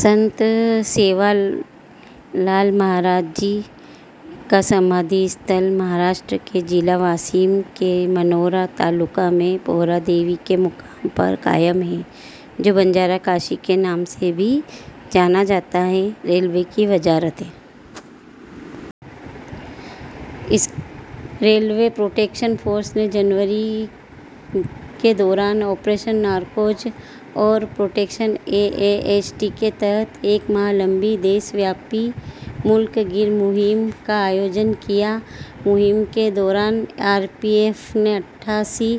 سنت سیوالال مہاراج جی کا سمادھی استھل، مہاراشٹر کے ضلع واشم کے منورا تعلقہ میں پوہرا دیوی کے مقام پر قائم ہے، جو بنجارا کاشی کے نام سے بھی جانا جاتا ہے۔ ریلوے کی وزارت۔ ریلوے پروٹیکشن فورس نے جنوری کے دوران آپریشن نارکوز اور operation A A H T کے تحت ایک ماہ طویل ملک گیر مہم منعقد کی۔ مہم کے دوران آر پی ایف نے اٹھاسی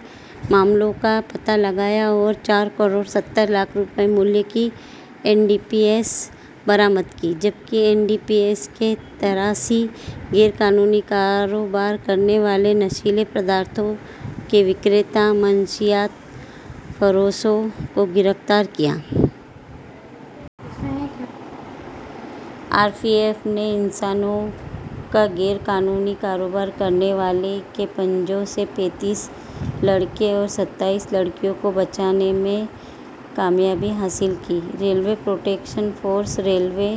کیسوں کا پتہ لگایا اور چار کروڑ ستر لاکھ روپے مالیت کی این ڈی پی ایس برآمد کیں، جبکہ این ڈی پی ایس کے تراسی غیر قانونی کاروبار کرنے والے منشیات فروشوں کو گرفتار کیا۔ آر پی ایف نے انسانوں کا غیر قانونی کاروبار کرنے والوں کے پنجوں سے پینتیس لڑکے اور ستائیس لڑکیوں کو بچانے میں کامیابی حاصل کی۔ ریلوے پروٹیکشن فورس ریلوے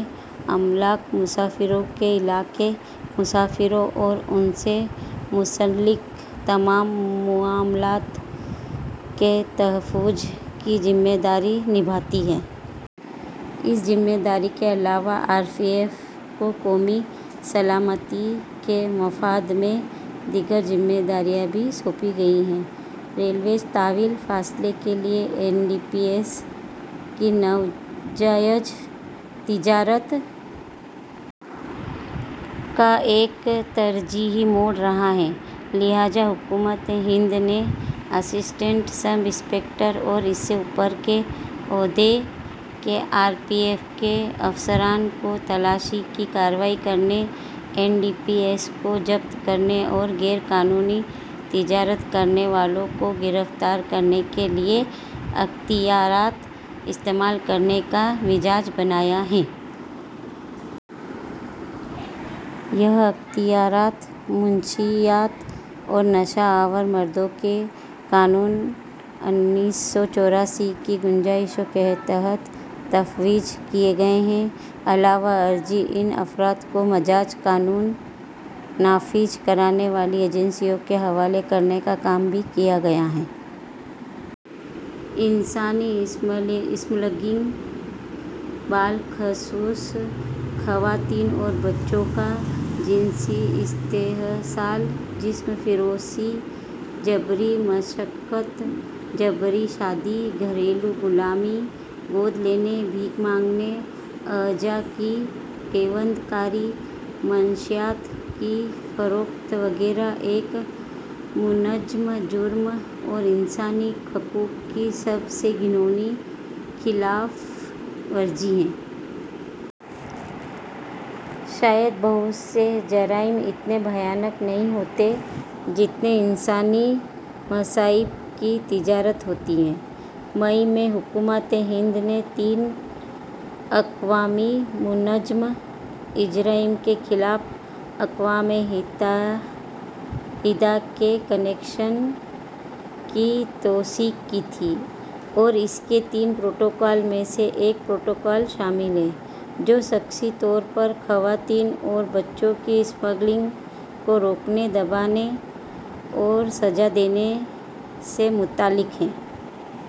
املاک، مسافروں کے علاقے، مسافروں اور ان سے منسلک تمام معاملات کے تحفظ کی ذمہ داری نبھاتی ہے۔ اس ذمہ داری کے علاوہ، آر پی ایف کو قومی سلامتی کے مفاد میں دیگر ذمہ داریاں بھی سونپی گئی ہیں۔ ریلویز طویل فاصلے کے لیے این ڈی پی ایس کی ناجائز تجارت کا ایک ترجیحی موڈ رہا ہے، لہٰذا حکومت ہند نے اسسٹنٹ سب انسپکٹر اور اس سے اوپر کے عہدے کے آر پی ایف کے افسران کو تلاشی کی کارروائی کرنے، این ڈی پی ایس کو ضبط کرنے اور غیر قانونی تجارت کرنے والوں کو گرفتار کرنے کے لیے اختیارات استعمال کرنے کا مجاز بنایا ہے۔ یہ اختیارات منشیات اور نشہ آور مادوں کے قانون انیس سو چوراسی کی گنجائشوں کے تحت تفویض کیے گئے ہیں۔ علاوہ ازیں، ان افراد کو مجاز قانون نافذ کرنے والی ایجنسیوں کے حوالے کرنے کا کام بھی کیا گیا ہے۔ انسانی اسمگلنگ، بالخصوص خواتین اور بچوں کا جنسی استحصال، جسم فروشی، جبری مشقت، جبری شادی، گھریلو غلامی، گود لینے، بھیک مانگنے، اعضاء کی پیوند کاری، منشیات کی فروخت وغیرہ، ایک منظم جرم اور انسانی حقوق کی سب سے گھناؤنی خلاف ورزی ہے۔ شاید بہت سے جرائم اتنے بھیانک نہیں ہوتے جتنے انسانی مصائب کی تجارت ہوتی ہے۔ مئی میں حکومت ہند نے بین الاقوامی منظم جرائم کے خلاف اقوام متحدہ کے کنونشن کی توثیق کی تھی اور اس کے تین پروٹوکول میں سے ایک پروٹوکول شامل ہے، جو شخصی طور پر خواتین اور بچوں کی اسمگلنگ کو روکنے، دبانے اور سزا دینے سے متعلق ہے۔